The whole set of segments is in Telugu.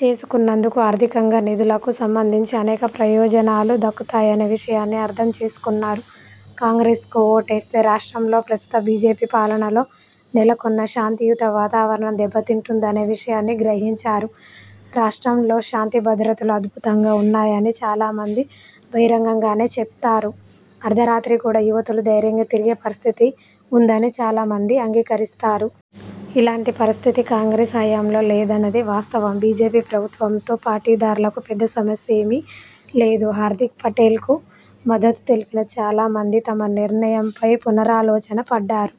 చేసుకున్నందుకు ఆర్థికంగా, నిధులకు సంబంధించి అనేక ప్రయోజనాలు దక్కుతాయనే విషయాన్ని అర్ధం చేసుకున్నారు. కాంగ్రెస్కు ఓటేస్తే రాష్ట్రంలో ప్రస్తుతం బీజేపీ పాలనలో నెలకొన్న శాంతియుత వాతావరణం దెబ్బతింటుందనే విషయాన్ని గ్రహించారు. రాష్ట్రం లో శాంతి భద్రతలు అద్భుతంగా ఉన్నాయని చాలా మంది బహిరంగంగానే చెప్తారు. అర్ధరాత్రి కూడా యువతులు ధైర్యంగా తిరిగే పరిస్థితి ఉందని చాలా మంది అంగీకరిస్తారు. ఇలాంటి పరిస్థితి కాంగ్రెస్ హయాంలో లేదన్నది వాస్తవం. బీజేపీ ప్రభుత్వంతో పాటిదార్లకు పెద్ద సమస్యేమీ లేదు. హార్ధిక్ పటేల్కు మద్దతు తెలిపిన చాలామంది తమ నిర్ణయంపై పునరాలోచనలో పడ్డారు.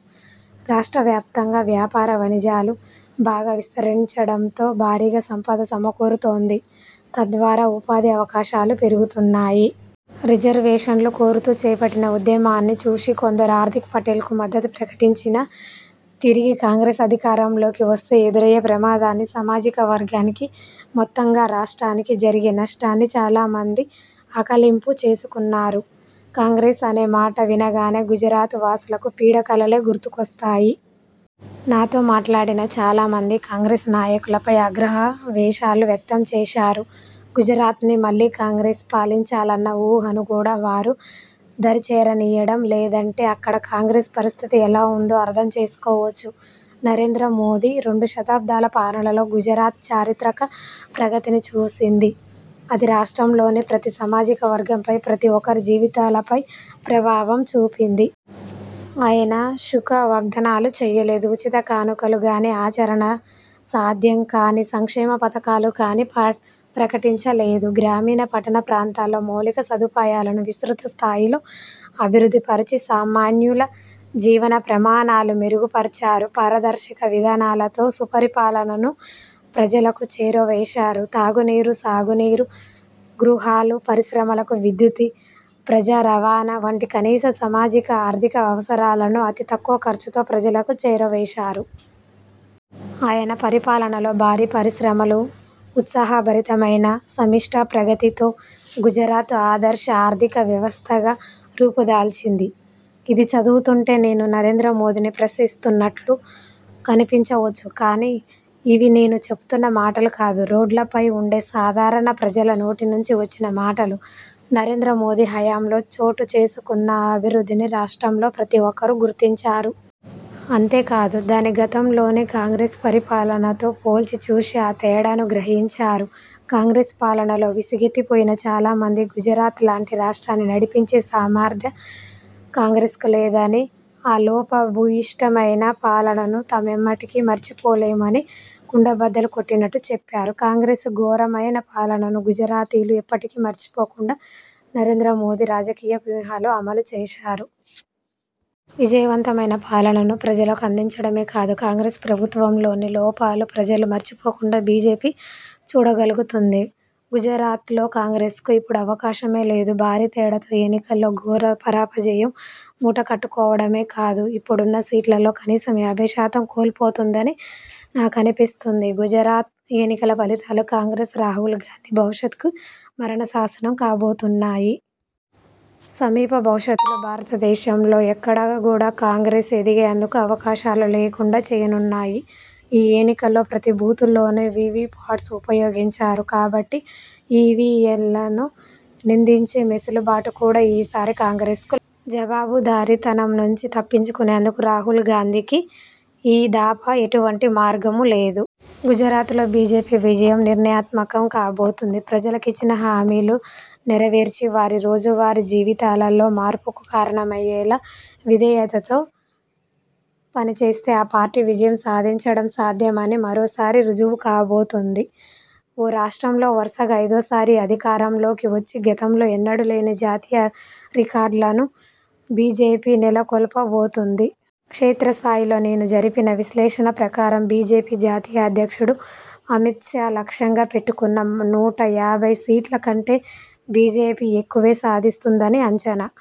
రాష్ట్రవ్యాప్తంగా వ్యాపార, వాణిజాలు బాగా విస్తరించడంతో భారీగా సంపద సమకూరుతోంది. తద్వారా ఉపాధి అవకాశాలు పెరుగుతున్నాయి. రిజర్వేషన్లు కోరుతూ చేపట్టిన ఉద్యమాన్ని చూసి కొందరు హార్ధిక్ పటేల్కు మద్దతు ప్రకటించినా తిరిగి కాంగ్రెస్ అధికారంలోకి వస్తే ఎదురయ్యే ప్రమాదాన్ని, సామాజిక వర్గానికి, మొత్తంగా రాష్ట్రానికి జరిగే నష్టాన్ని చాలామంది ఆకళింపు చేసుకున్నారు. కాంగ్రెస్ అనే మాట వినగానే గుజరాత్ వాసులకు పీడ కలలే గుర్తుకొస్తాయి. నాతో మాట్లాడిన చాలామంది కాంగ్రెస్ నాయకులపై ఆగ్రహావేశాలు వ్యక్తం చేసారు. గుజరాత్ను మళ్లీ కాంగ్రెస్ పాలించాలన్న ఊహను కూడా వారు దరిచేరనీయడం లేదంటే అక్కడ కాంగ్రెస్ పరిస్థితి ఎలా ఉందో అర్థం చేసుకోవచ్చు. నరేంద్రమోదీ రెండు దశాబ్దాల పాలనలో గుజరాత్ చారిత్రిక ప్రగతిని చూసింది. అది రాష్ట్రంలోని ప్రతీ సామాజిక వర్గంపై, ప్రతి ఒక్కరి జీవితాలపై ప్రభావం చూపింది. ఆయన శుఖ వాగ్ధానాలు చేయలేదు, ఉచిత కానుకలు గానీ, ఆచరణ సాధ్యంకాని సంక్షేమ పథకాలు కానీ ప్రకటించలేదు. గ్రామీణ, పట్టణ ప్రాంతాల్లో మౌలిక సదుపాయాలను విస్తృత స్థాయిలో అభివృద్ధిపరచి సామాన్యుల జీవన ప్రమాణాలు మెరుగుపరచారు. పారదర్శక విధానాలతో సుపరిపాలనను ప్రజలకు చేరువ చేశారు. తాగునీరు, సాగునీరు, గృహాలు, పరిశ్రమలకు విద్యుత్, ప్రజారవాణా వంటి కనీస సామాజిక, ఆర్థిక అవసరాలను అతి తక్కువ ఖర్చుతో ప్రజలకు చేరువేశారు. ఆయన పరిపాలనలో భారీ పరిశ్రమలు, ఉత్సాహభరితమైన సమిష్టి ప్రగతితో గుజరాత్ ఆదర్శ ఆర్థిక వ్యవస్థగా రూపుదాల్చింది. ఇది చదువుతుంటే నేను నరేంద్ర మోదీని ప్రశంసిస్తున్నట్టు కనిపించవచ్చు కానీ, ఇవి నేను చెప్తున్న మాటలు కాదు. రోడ్లపై ఉండే సాధారణ ప్రజల నోటినుంచి వచ్చిన మాటలు. నరేంద్ర మోదీ హయాంలో చోటుచేసుకున్న అభివృద్ధిని రాష్ట్రంలో ప్రతి ఒక్కరూ గుర్తించారు. అంతేకాదు, దాన్ని గతంలోని కాంగ్రెస్ పరిపాలనతో పోల్చి చూసి ఆ తేడాను గ్రహించారు. కాంగ్రెస్ పాలనలో విసుగెత్తిపోయిన చాలామంది గుజరాత్ లాంటి రాష్ట్రాన్ని నడిపించే సామర్థ్యం కాంగ్రెస్కు లేదని, ఆ లోపభూయిష్టమైన పాలనను తామెన్నటికీ మర్చిపోలేమనీ కుండబద్దలు కొట్టినట్టు చెప్పారు. కాంగ్రెస్ ఘోరమైన పాలనను గుజరాతీలు ఎప్పటికీ మర్చిపోకుండా నరేంద్ర మోదీ రాజకీయ వ్యూహాలు అమలు చేశారు. విజయవంతమైన పాలనను ప్రజలకు అందించడమే కాదు, కాంగ్రెస్ ప్రభుత్వంలోని లోపాలు ప్రజలు మర్చిపోకుండా బీజేపీ చూడగలుగుతోంది. గుజరాత్లో కాంగ్రెస్కు ఇప్పుడు అవకాశమే లేదు. భారీ తేడాతో ఎన్నికల్లో ఘోర పరాజయం మూటకట్టుకోవడమే కాదు, ఇప్పుడున్న సీట్లలో కనీసం యాభై శాతం కోల్పోతుందని నాకనిపిస్తోంది. గుజరాత్ ఎన్నికల ఫలితాలు కాంగ్రెస్, రాహుల్ గాంధీ భవిష్యత్తుకు మరణశాసనం కాబోతున్నాయి. సమీప భవిష్యత్లో భారతదేశంలో ఎక్కడా కూడా కాంగ్రెస్ ఎదిగేందుకు అవకాశాలు లేకుండా చేయనున్నాయి. ఈ ఎన్నికల్లో ప్రతీ బూత్లోనూ వీవీపాట్స్ ఉపయోగించారు. కాబట్టి ఈవీఎంలను నిందించే వెసులుబాటు కూడా ఈసారి కాంగ్రెస్కు లేదు. జవాబుదారీతనం నుంచి తప్పించుకునేందుకు రాహూల్ గాంధీకి ఈ దఫా ఎటువంటి మార్గమూ లేదు. గుజరాత్లో బీజేపీ విజయం నిర్ణయాత్మకం కాబోతోంది. ప్రజలకిచ్చిన హామీలు నెరవేర్చి వారి రోజువారీ జీవితాలలో మార్పుకు కారణమయ్యేలా విధేయతతో పనిచేస్తే ఆ పార్టీ విజయం సాధించడం సాధ్యమని మరోసారి రుజువుకాబోతోంది. ఓ రాష్ట్రం లో వరుసగా ఐదోసారి అధికారంలోకి వచ్చి గతంలో ఎన్నడూ లేని జాతీయ రికార్డును బీజేపీ నెలకొల్పబోతోంది. క్షేత్రస్థాయిలో నేను జరిపిన విశ్లేషణ ప్రకారం బీజేపీ జాతీయ అధ్యక్షుడు అమిత్ షా లక్ష్యంగా పెట్టుకున్న నూట యాభై సీట్ల కంటే బీజేపీ ఎక్కువే సాధిస్తుందని అంచనా